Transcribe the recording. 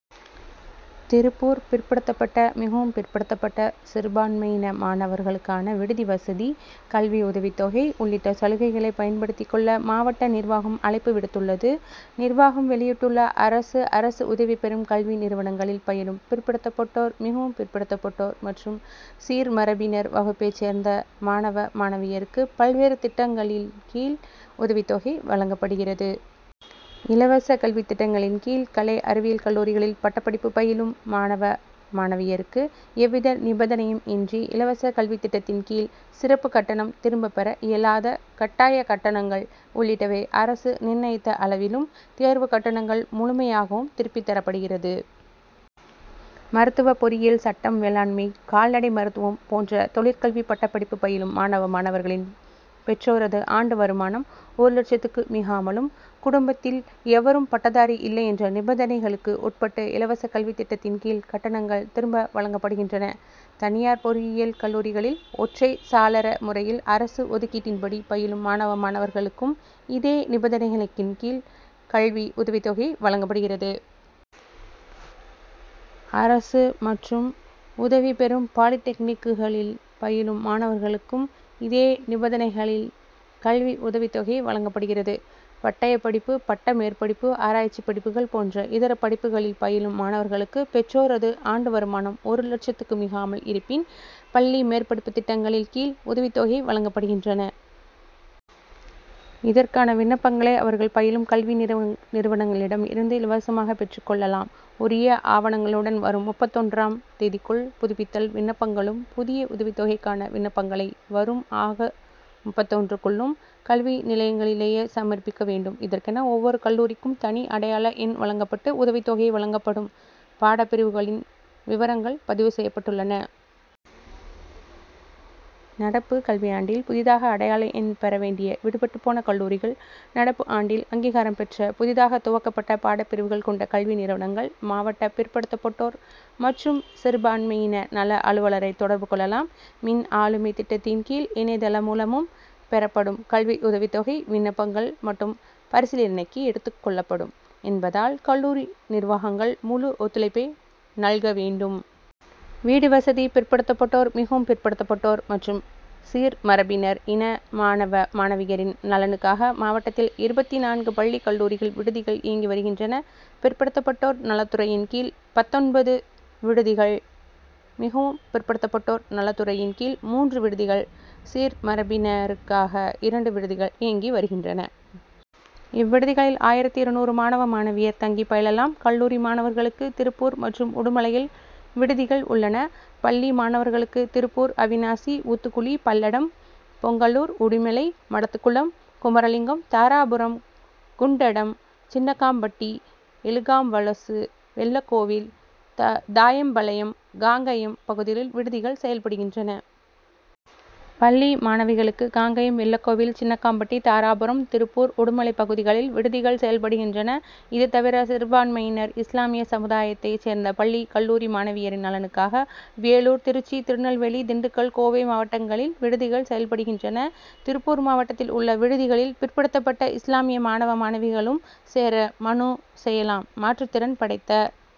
திருப்பூர் பிற்படுத்தப்பட்ட, மிகவும் பிற் படுத்தப்பட்ட, சிறுபான்மையின மாணவர் களுக்கான விடுதி வசதி, கல்வி உதவித்தொகை உள்ளிட்ட சலுகைகளை பயன்படுத்திக் கொள்ள, மாவட்ட நிர்வாகம் அழைப்பு விடுத்துள்ளது. மாவட்ட நிர்வாகம் வெளியிட்டுள்ள அறிக்கை அரசு, அரசு உதவி பெறும் கல்வி நிறுவனங்களில் பயிலும் பிற்படுத்தப் பட்டோர், மிகவும் பிற்படுத்தப்பட்டோர் மற்றும் சீர்மரபினர் வகுப்பைச் சேர்ந்த மாணவ, மாணவியருக்கு பல்வேறு திட்டங்களின் கீழ் உதவித்தொகை வழங்கப்படுகிறது. இலவச கல்வி திட்டங்களின் கீழ் கலை அறிவியல் கல்லூரிகளில் பட்டப்படிப்பு பயிலும் மாணவ, மாணவியருக்கு எவ்வித நிபந்தனையும் இன்றி, இலவச கல்வி திட்டத்தின் கீழ் சிறப்பு கட்டணம், திரும்ப பெற இயலாத கட்டாய கட்டணங் கள் உள்ளிட்டவை அரசு நிர்ணயித்த அள விலும், தேர்வு கட்டணங்கள் முழுமை யாகவும் திருப்பித் தரப்படுகிறது. மருத்துவம், பொறியியல், சட்டம், வேளாண்மை, கால்நடை மருத்துவம் போன்ற தொழிற்கல்வி பட்டப்படிப்பு பயிலும் மாணவர்களின் பெற்றோரது ஆண்டு வருமானம் ஒரு லட்சத்துக்கு மிகாமலும்; குடும்பத்தில் எவரும் பட்டதாரி இல்லை என்ற நிபந்தனை களுக்கு உட்பட்டு இலவச கல்வி திட்டத்தின் கீழ் கட்டணங்கள் திரும்ப வழங்கப்படுகின்றன. தனியார் பொறியியல் கல்லூரிகளில் ஒற்றைச் சாளர முறையில் அரசு ஒதுக் கீட்டின்படி பயிலும் மாணவர்களுக்கும் இதே நிபந்தனைகளின் கீழ் கல்வி உதவித்தொகை வழங்கப்படுகிறது. அரசு மற்றும் உதவி பெறும் பாலிடெக்னிக்கு களில் பயிலும் மாணவர்களுக்கும் இதே நிபந்தனைகளில் கல்வி உதவித்தொகை வழங்கப்படுகிறது. பட்டயப்படிப்பு, பட்ட மேற்படிப்பு, ஆராய்ச்சிப்படிப்புகள் போன்ற இதர படிப்புகளில் பயிலும் மாணவர்களுக்கு பெற்றோரது ஆண்டு வருமானம் ஒரு லட்சத்துக்கு மிகாமல் இருப்பின், பள்ளி மேற்படிப்பு திட்டங்களின் கீழ் உதவித் தொகைகள் வழங்கப்படுகின்றன. இதற்கான விண்ணப்பங்களை, அவர் கள் பயிலும் கல்வி நிறுவனங்களிடம் இருந்து இலவசமாக பெற்றுக் கொள்ள லாம். உரிய ஆவணங்களுடன் வரும் முப்பத்தொன்றாம் தேதிக்குள் புதுப்பித்தல் விண்ணப்பங் களும்; புதிய உதவித்தொகைக்கான விண்ணப்பங்களை வரும் ஆக., முப்பத்தொன்றுக்குள்ளும் கல்வி நிலையங்களிலேயே சமர்ப்பிக்க வேண்டும். இதற்கென ஒவ்வொரு கல்லூரிக்கும் தனி அடை யாள எண் வழங்கப்பட்டு உதவித்தொகை வழங்கப்படும் பாடப்பிரிவுகளின் விவரங்கள் பதிவு செய்யப்பட்டுள்ளன. நடப்பு கல்வியாண்டில் புதிதாக அடையாள எண் பெற வேண்டிய, விடுபட்டுப் போன கல்லூரிகள், நடப்பு ஆண்டில் அங்கீகாரம் பெற்ற புதிதாக துவக்கப்பட்ட பாடப்பிரிவுகள் கொண்ட கல்வி நிறுவனங்கள் மாவட்ட பிற் படுத்தப்பட்டோர் மற்றும் சிறு பான்மையின நல அலுவலரைத் தொடர்பு கொள்ளலாம். மின் ஆளுமைத் திட்டத்தின் கீழ், இணைய தளம்மூலம் பெறப்படும் கல்வி உதவித்தொகை விண்ணப்பங்கள் மட்டும் பரிசீலனைக்கு எடுத்துக் கொள்ளப்படும் என்பதால், கல்லூரி நிர்வாகங்கள் முழு ஒத்துழைப்பை நல்க வேண்டும். விடுதி வசதி பிற்படுத்தப்பட்டோர், மிகவும் பிற்படுத்தப்பட்டோர் மற்றும் சீர்மரபினர் இன மாணவ, மாணவியரின் நலனுக்காக மாவட்டத்தில் இருபத்து நான்கு பள்ளி, கல்லூரி விடுதிகள் இயங்கி வருகின்றன. பிற்படுத்தப்பட்டோர் நலத்துறையின் கீழ் பத்தொன்பது விடுதிகள்; மிகவும் பிற்படுத்தப் பட்டோர் நலத்துறையின் கீழ் மூன்று விடுதிகள்; சீர்மரபினருக்காக இரண்டு விடுதிகள் இயங்கி வருகின்றன. இவ் விடுதிகளில் ஆயிரத்து இருநூறு மாணவ, மாணவியர் தங்கிப் பயிலலாம். கல்லூரி மாணவர்களுக்கு, திருப்பூர் மற்றும் உடுமலையில் விடுதிகள் உள்ளன. பள்ளி, மாணவர்களுக்கு திருப்பூர், அவிநாசி, ஊத்துக்குளி, பல்லடம், பொங்கலூர், உடுமலை, மடத்துக்குளம், குமரலிங்கம், தாராபுரம், குண்டடம், சின்னக்காம்பட்டி, எலுகாம்வலசு, வெள்ளகோவில், தாயம்பாளையம், காங்கயம் பகுதிகளில் விடுதிகள் செயல் படுகின்றன. பள்ளி மாணவிகளுக்கு காங்கயம், வெள்ளகோவில், சின்னக்காம் பட்டி, தாராபுரம், திருப்பூர், உடுமலை பகுதிகளில் விடுதிகள் செயல்படுகின்றன. இதுதவிர, சிறுபான்மையினர் இஸ்லாமிய சமுதாயத்தை சேர்ந்த பள்ளி, கல்லூரி மாணவியரின் நலனுக்காக வேலூர், திருச்சி, திருநெல்வேலி, திண்டுக்கல், கோவை மாவட்டங்களில் விடுதிகள் செயல்படுகின்றன. திருப்பூர் மாவட்டத்தில் உள்ள விடுதி களில் பிற்படுத்தப்பட்ட இஸ்லாமிய மாணவ, மாணவிகளும் சேர மனு செய்யலாம். மாற்றுத்திறன் படைத்த